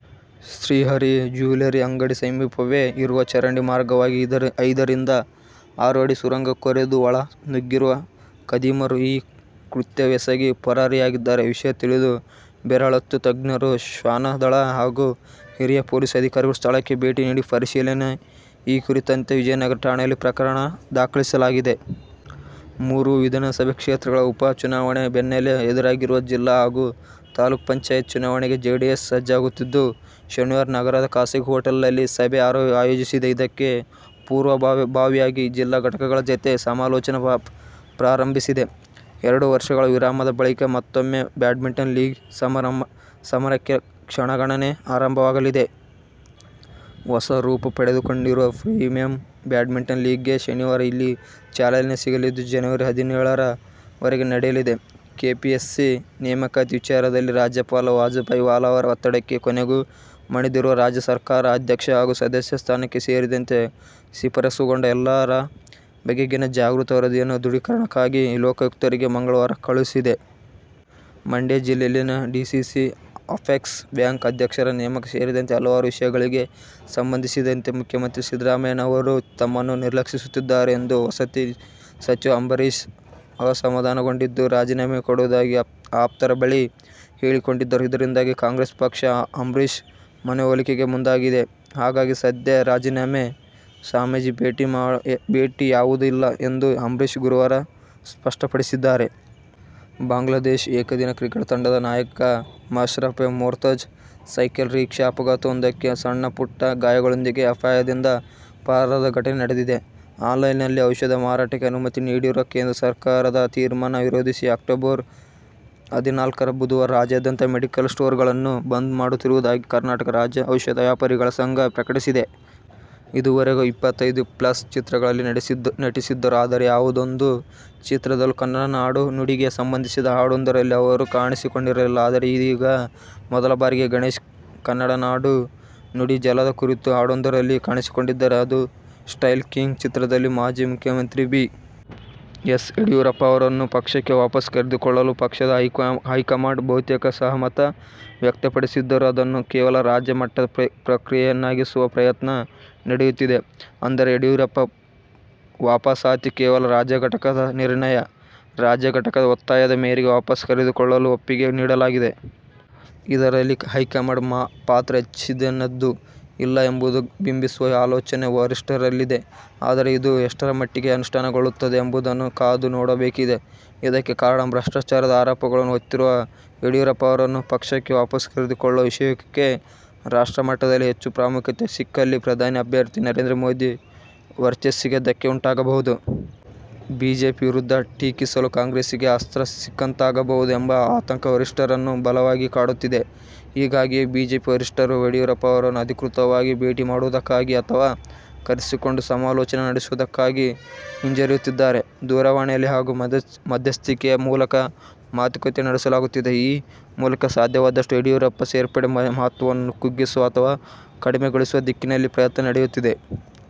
Srihari jewellery ಅಂಗಡಿ ಸಮೀಪವೇ ಇರುವ ಚರಂಡಿ ಮಾರ್ಗವಾಗಿ ಐದರಿಂದ ಆರು ಅಡಿ ಸುರಂಗ ಕೊರೆದು ಒಳ ನುಗ್ಗಿರುವ ಖದೀಮರು ಈ ಕೃತ್ಯವೆಸಗಿ ಪರಾರಿಯಾಗಿದ್ದಾರೆ. ವಿಷಯ ತಿಳಿದು ಬೆರಳಚ್ಚು ತಜ್ಞರು, ಶ್ವಾನದಳ ಹಾಗೂ ಹಿರಿಯ ಪೊಲೀಸ್ ಅಧಿಕಾರಿಗಳು ಸ್ಥಳಕ್ಕೆ ಭೇಟಿ ನೀಡಿ ಪರಿಶೀಲನೆ. ಈ ಕುರಿತಂತೆ ವಿಜಯನಗರ ಠಾಣೆಯಲ್ಲಿ ಪ್ರಕರಣ ದಾಖಲಿಸಲಾಗಿದೆ. ಮೂರು ವಿಧಾನಸಭೆ ಕ್ಷೇತ್ರಗಳ ಉಪ ಚುನಾವಣೆ ಬೆನ್ನಲ್ಲೇ ಎದುರಾಗಿರುವ ಜಿಲ್ಲಾ ಹಾಗೂ ತಾಲೂಕು ಪಂಚಾಯತ್ ಚುನಾವಣೆಗೆ ಜೆಡಿಎಸ್ ಸಜ್ಜಾಗುತ್ತಿದ್ದು, ಶನಿವಾರ ನಗರದ ಖಾಸಗಿ ಹೋಟೆಲ್ನಲ್ಲಿ ಸಭೆ ಆಯೋಜಿಸಿದೆ. ಇದಕ್ಕೆ ಪೂರ್ವಭಾವಿಯಾಗಿ ಜಿಲ್ಲಾ ಘಟಕಗಳ ಜತೆ ಸಮಾಲೋಚನೆ ಪ್ರಾರಂಭಿಸಿದೆ. ಎರಡು ವರ್ಷಗಳ ವಿರಾಮದ ಬಳಿಕ ಮತ್ತೂಮ್ಮೆ ಬ್ಯಾಡ್ಮಿಂಟನ್ ಲೀಗ್ ಸಮರಕ್ಕೆ ಕ್ಷಣಗಣನೆ ಆರಂಭವಾಗಿದೆ. ಹೊಸ ರೂಪ ಪಡೆದುಕೊಂಡಿರುವ ಪ್ರೀಮಿಯರ್ ಬ್ಯಾಡ್ಮಿಂಟನ್ ಲೀಗ್'ಗೆ ಶನಿವಾರ ಇಲ್ಲಿ ಚಾಲನೆ ಸಿಗಲಿದ್ದು, ಜನವರಿ ಹದಿನೇಳರ ವರೆಗೆ ನಡೆಯಲಿದೆ. ಕೆಪಿಎಸ್ಸಿ ನೇಮಕಾತಿ ವಿಚಾರದಲ್ಲಿ ರಾಜ್ಯಪಾಲ ವಜೂಭಾಯಿ ವಾಲಾ ಅವರ ಒತ್ತಡಕ್ಕೆ ಕೊನೆಗೂ ಮಣಿದಿರುವ ರಾಜ್ಯ ಸರಕಾರ, ಅಧ್ಯಕ್ಷ ಹಾಗೂ ಸದಸ್ಯ ಸ್ಥಾನ ಸೇರಿದಂತೆ ಶಿಫಾರಸುಗೊಂಡ ಎಲ್ಲರ ಬಗೆಗಿನ ಜಾಗೃತ ವರದಿಯನ್ನು ದೃಢೀಕರಣಕ್ಕಾಗಿ ಲೋಕಾಯುಕ್ತರಿಗೆ ಮಂಗಳವಾರ ಕಳುಹಿಸಿದೆ. ಮಂಡ್ಯ ಜಿಲ್ಲೆಯಲ್ಲಿನ ಡಿಸಿಸಿ, ಅಪೆಕ್ಸ್ ಬ್ಯಾಂಕ್ ಅಧ್ಯಕ್ಷರ ನೇಮಕ ಸೇರಿದಂತೆ ಹಲವಾರು ವಿಷಯಗಳಿಗೆ ಸಂಬಂಧಿಸಿದಂತೆ ಮುಖ್ಯಮಂತ್ರಿ ಸಿದ್ದರಾಮಯ್ಯನವರು ತಮ್ಮನ್ನು ನಿರ್ಲಕ್ಷಿಸುತ್ತಿದ್ದಾರೆ ಎಂದು ವಸತಿ ಸಚಿವ ಅಂಬರೀಶ್ ಅಸಮಾಧಾನಗೊಂಡಿದ್ದು, ರಾಜೀನಾಮೆ ಕೊಡುವುದಾಗಿ ಆಪ್ತರ ಬಳಿ ಹೇಳಿಕೊಂಡಿದ್ದರು. ಇದರಿಂದಾಗಿ ಕಾಂಗ್ರೆಸ್ ಪಕ್ಷ ಅಂಬರೀಶ್ ಮನವೊಲಿಕೆಗೆ ಮುಂದಾಗಿದೆ. ಹಾಗಾಗಿ ಸದ್ಯ ರಾಜೀನಾಮೆ, ಸ್ವಾಮೀಜಿ ಭೇಟಿ ಯಾವುದೂ ಇಲ್ಲ ಎಂದು ಅಂಬರೀಶ್ ಗುರುವಾರ ಸ್ಪಷ್ಟಪಡಿಸಿದ್ದಾರೆ. ಬಾಂಗ್ಲಾದೇಶ ಏಕದಿನ ಕ್ರಿಕೆಟ್ ತಂಡದ ನಾಯಕ ಮಶ್ರಫೆ ಮೊರ್ತಜ ಸೈಕಲ್ ರಿಕ್ಷಾ ಅಪಘಾತವೊಂದಕ್ಕೆ ಸಣ್ಣಮುಟ್ಟ ಗಾಯಗಳೊಂದಿಗೆ ಅಪಾಯದಿಂದ ಪಾರಾದ ಘಟನೆ ನಡೆದಿದೆ. ಆನ್ಲೈನ್ನಲ್ಲಿ ಔಷಧ ಮಾರಾಟಕ್ಕೆ ಅನುಮತಿ ನೀಡಿರುವ ಕೇಂದ್ರ ಸರ್ಕಾರದ ತೀರ್ಮಾನ ವಿರೋಧಿಸಿ ಅಕ್ಟೋಬರ್ ಹದಿನಾಲ್ಕರ ಬುಧವಾರ ರಾಜ್ಯಾದ್ಯಂತ ಮೆಡಿಕಲ್ ಸ್ಟೋರ್ಗಳನ್ನು ಬಂದ್ ಮಾಡುತ್ತಿರುವುದಾಗಿ ಕರ್ನಾಟಕ ರಾಜ್ಯ ಔಷಧ ವ್ಯಾಪಾರಿಗಳ ಸಂಘ ಪ್ರಕಟಿಸಿದೆ. ಇದುವರೆಗೂ ಇಪ್ಪತ್ತೈದು ಪ್ಲಸ್ ಚಿತ್ರಗಳಲ್ಲಿ ನಟಿಸಿದ್ದರು. ಆದರೆ, ಯಾವೊಂದು ಚಿತ್ರದಲ್ಲೂ ಕನ್ನಡ ನಾಡು, ನುಡಿಗೆ ಸಂಬಂಧಿಸಿದ ಹಾಡೊಂದರಲ್ಲಿ ಅವರು ಕಾಣಿಸಿಕೊಂಡಿರಲಿಲ್ಲ. ಆದರೆ, ಇದೀಗ ಮೊದಲ ಬಾರಿಗೆ ಗಣೇಶ್ ಕನ್ನಡ ನಾಡು, ನುಡಿ, ಜಲದ ಕುರಿತ ಹಾಡೊಂದರಲ್ಲಿ ಕಾಣಿಸಿಕೊಂಡಿದ್ದಾರೆ. ಅದು "ಸ್ಟೈಲ್ ಕಿಂಗ್' ಚಿತ್ರದಲ್ಲಿ. ಮಾಜಿ ಮುಖ್ಯಮಂತ್ರಿ ಬಿ. ಎಸ್. ಯಡಿಯೂರಪ್ಪ ಅವರನ್ನು ಪಕ್ಷಕ್ಕೆ ವಾಪಸ್ ಕರೆದುಕೊಳ್ಳಲು ಪಕ್ಷದ ಹೈಕಮಾಂಡ್ ಬಹುತೇಕ ಸಹಮತ ವ್ಯಕ್ತಪಡಿಸಿದ್ದರೂ ಅದನ್ನು ಕೇವಲ ರಾಜ್ಯ ಮಟ್ಟದ ಪ್ರಕ್ರಿಯೆಯನ್ನಾಗಿಸುವ ಪ್ರಯತ್ನ ನಡೆಯುತ್ತಿದೆ. ಅಂದರೆ, ಯಡಿಯೂರಪ್ಪ ವಾಪಸಾತಿ ಕೇವಲ ರಾಜ್ಯ ಘಟಕದ ನಿರ್ಣಯ. ರಾಜ್ಯ ಘಟಕದ ಒತ್ತಾಯದ ಮೇರೆಗೆ ವಾಪಸ್ ಕರೆದುಕೊಳ್ಳಲು ಒಪ್ಪಿಗೆ ನೀಡಲಾಗಿದೆ. ಇದರಲ್ಲಿ ಹೈಕಮಾಂಡ್ನ ಪಾತ್ರ ಹೆಚ್ಚಿನದ್ದೇನೂ ಇಲ್ಲ ಎಂಬುದನ್ನು ಬಿಂಬಿಸುವ ಆಲೋಚನೆ ವರಿಷ್ಠರಲ್ಲಿದೆ. ಆದರೆ, ಇದು ಎಷ್ಟರಮಟ್ಟಿಗೆ ಅನುಷ್ಠಾನಗೊಳ್ಳುತ್ತದೆ ಎಂಬುದನ್ನು ಕಾದು ನೋಡಬೇಕಿದೆ. ಇದಕ್ಕೆ ಕಾರಣ- ಭ್ರಷ್ಟಾಚಾರದ ಆರೋಪಗಳನ್ನು ಹೊತ್ತಿರುವ ಯಡಿಯೂರಪ್ಪ ಅವರನ್ನು ಪಕ್ಷಕ್ಕೆ ವಾಪಸ್ ಕರೆದುಕೊಳ್ಳುವ ವಿಷಯಕ್ಕೆ ರಾಷ್ಟ್ರ ಮಟ್ಟದಲ್ಲಿ ಹೆಚ್ಚು ಪ್ರಾಮುಖ್ಯತೆ ಸಿಕ್ಕಲ್ಲಿ ಪ್ರಧಾನಿ ಅಭ್ಯರ್ಥಿ ನರೇಂದ್ರ ಮೋದಿ ವರ್ಚಸ್ಸಿಗೆ ಧಕ್ಕೆ ಉಂಟಾಗಬಹುದು. ಬಿಜೆಪಿ ವಿರುದ್ಧ ಟೀಕಿಸಲು ಕಾಂಗ್ರೆಸ್ಸಿಗೆ ಅಸ್ತ್ರ ಸಿಕ್ಕಂತಾಗಬಹುದು ಎಂಬ ಆತಂಕ ವರಿಷ್ಠರನ್ನು ಬಲವಾಗಿ ಕಾಡುತ್ತಿದೆ. ಹೀಗಾಗಿಯೇ ಬಿಜೆಪಿ ವರಿಷ್ಠರು ಯಡಿಯೂರಪ್ಪ ಅವರನ್ನು ಅಧಿಕೃತವಾಗಿ ಭೇಟಿ ಮಾಡುವುದಕ್ಕಾಗಲಿ ಅಥವಾ ಕರೆಸಿಕೊಂಡು ಸಮಾಲೋಚನೆ ನಡೆಸುವುದಕ್ಕಾಗಲಿ ಹಿಂಜರಿಯುತ್ತಿದ್ದಾರೆ. ದೂರವಾಣಿಯಲ್ಲಿ ಹಾಗೂ ಮಧ್ಯಸ್ಥಿಕೆಯ ಮೂಲಕ ಮಾತುಕತೆ ನಡೆಸಲಾಗುತ್ತಿದೆ. ಈ ಮೂಲಕ ಸಾಧ್ಯವಾದಷ್ಟೂ ಯಡಿಯೂರಪ್ಪ ಸೇರ್ಪಡೆಯ ಮಹತ್ವವನ್ನು ಕುಗ್ಗಿಸುವ ಅಥವಾ ಕಡಮೆಗೊಳಿಸುವ ದಿಕ್ಕಿನಲ್ಲಿ ಪ್ರಯತ್ನ ನಡೆಯುತ್ತಿದೆ.